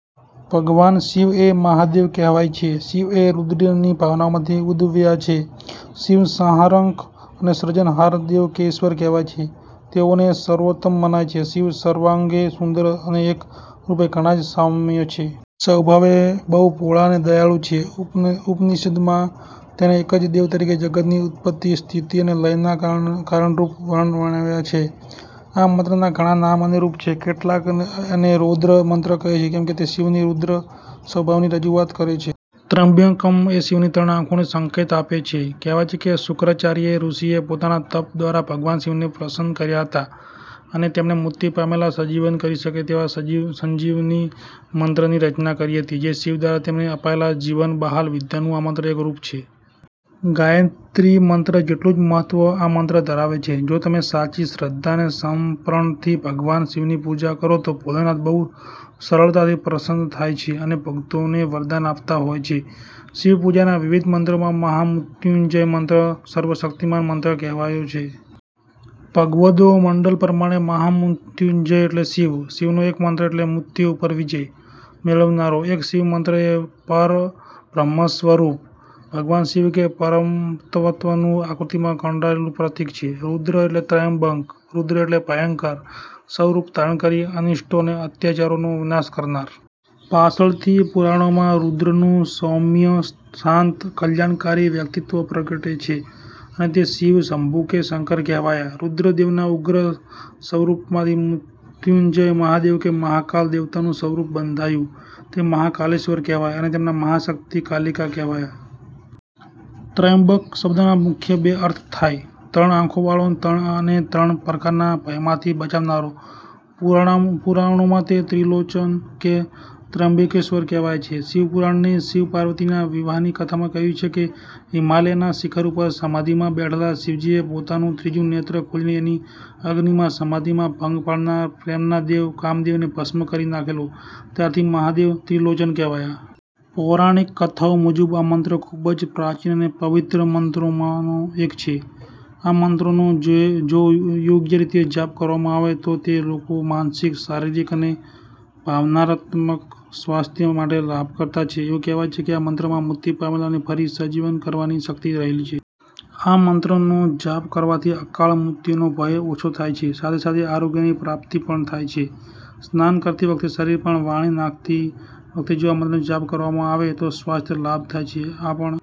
ભગવાન શિવ એ મહાદેવ કહેવાયા છે. શિવ એ રુદ્રની ભાવનામાંથી ઉદ્ભવ્યા છે. શિવ સંહારક અને સર્જનહાર દેવ કે ઈશ્વર કહેવાયા છે. તેઓને સર્વોત્તમ મનાયા છે. શિવ સર્વાંગે સુંદર અને એક રૂપે ઘણા જ સૌમ્ય છે. સ્વભાવે બહુ ભોળા અને દયાળુ છે. ઉપનિષદમાં તેને એક જ દેવ તરીકે જગતની ઉત્પત્તિ, સ્થિતિ અને લયના કારણ રૂપ વર્ણન વર્ણવ્યા છે. આ મંત્રના ઘણા નામ અને રૂપ છે. કેટલાક એને રૌદ્ર મંત્ર કહે છે કેમકે તે શિવની રૂદ્ર સ્વભાવની રજૂઆત કરે છે. ત્ર્યંબકમ એ શિવની ત્રણ આંખોનો સંકેત આપે છે. કહેવાય છે કે શુક્રાચાર્ય ઋષિએ પોતાના તપ દ્વારા ભગવાન શિવને પ્રસન્ન કર્યા હતા અને તેમણે મૃત્યુ પામેલાને સજીવન કરી શકે તેવા સંજીવની મંત્રની રચના કરી હતી જે શિવ દ્વારા તેમને અપાયેલ જીવન-બહાલ વિદ્યાનું આ મંત્ર એક રૂપ છે. ગાયત્રી મંત્ર જેટલું જ મહત્ત્વ આ મંત્ર ધરાવે છે. જો તમે સાચી શ્રદ્ધા અને સમર્પણથી ભગવાન શિવની પૂજા કરો તો ભોલેનાથ બહુ સરળતાથી પ્રસન્ન થાય છે અને ભક્તને વરદાન આપતા હોય છે. શિવપૂજાના વિવિધ મંત્રોમાં મહામૃત્યુંજય મંત્ર સર્વ શક્તિમાન મંત્ર કહેવાયો છે. ભગવદ્ગોમંડલ પ્રમાણે મહામૃત્યુંજય એટલે શિવ, શિવનો એક મંત્ર. એટલે કે મૃત્યુ ઉપર વિજય મેળવનારો એક શિવમંત્ર. એ પરબ્રહ્નસ્વરૂપ ભગવાન શિવ કે પરમતત્વનું આકૃતિમાં કંડારેલું પ્રતીક છે; રુદ્ર અને ત્રયંબક. 'રુદ્ર' એટલે ભયંકર સ્વરૂપ ધારણ કરી અનિષ્ટો અને અત્યાચારોનો વિનાશ કરનાર. પાછળથી પુરાણોમાં 'રુદ્ર'નું સૌમ્ય-શાન્ત કલ્યાણકારી વ્યક્તિત્વ પ્રગટે છે, અને તે 'શિવ', 'શંભુ' કે 'શંકર' કહેવાયા. રુદ્રદેવના ઉગ્ર સ્વરૂપમાંથી 'મૃત્યંજય મહાદેવ' કે 'મહાકાલ દેવતા'નું સ્વરૂપ બંધાયું. તે 'મહાકાલેશ્ર્વર' કહેવાયા અને તેમનાં મહાશક્તિ 'કાલિકા' કહેવાયા. 'ત્રયંબક' શબ્દના મુખ્ય બે અર્થ થાય: ત્રણ આંખોવાળા અને ત્રણ પ્રકારના ભયમાંથી બચાવનાર. પુરાણોમાં તે 'ત્રિલોચન' કે 'ત્રયંબકેશ્ર્વર' કહેવાયા છે. શિવપુરાણની શિવ-પાર્વતીના વિવાહની કથામાં કહ્યું છે કે હિમાલયના શિખર ઉપર સમાધિમાં બેઠેલા શિવજીએ પોતાનું ત્રીજું નેત્ર ખોલીને એની અગ્નિમાં સમાધિમાં ભંગ પાડનાર પ્રેમના દેવ કામદેવને ભસ્મ કરી નાખેલો; ત્યારથી મહાદેવ 'ત્રિલોચન' કહેવાયા. પૌરાણિક કથાઓ મુજબ આ મંત્ર ખૂબ જ પ્રાચીન અને પવિત્ર મંત્રોમાંનો એક છે. આ મંત્રનો જો યોગ્ય રીતે જાપ કરવામાં આવે તો તે લોકોના માનસિક, શારીરિક અને ભાવનાત્મક સ્વાસ્થય માટે લાભકર્તા છે. એવું કહેવાય છે કે આ મંત્રમાં મૃત્યુ પામેલાને ફરી સજીવન કરવાની શક્તિ રહેલી છે. આ મંત્રનો જાપ કરવાથી અકાળ મૃત્યુનો ભય ઓછો થાય છે સાથે સાથે આરોગ્યની પ્રાપ્તિ પણ થાય છે. સ્નાન કરતી વખતે શરીર પર પાણી નાંખતી વખતે જો આ મંત્રનો જાપ કરવામાં આવે તો સ્વાસ્થ્ય લાભ થાય છે. આ પણ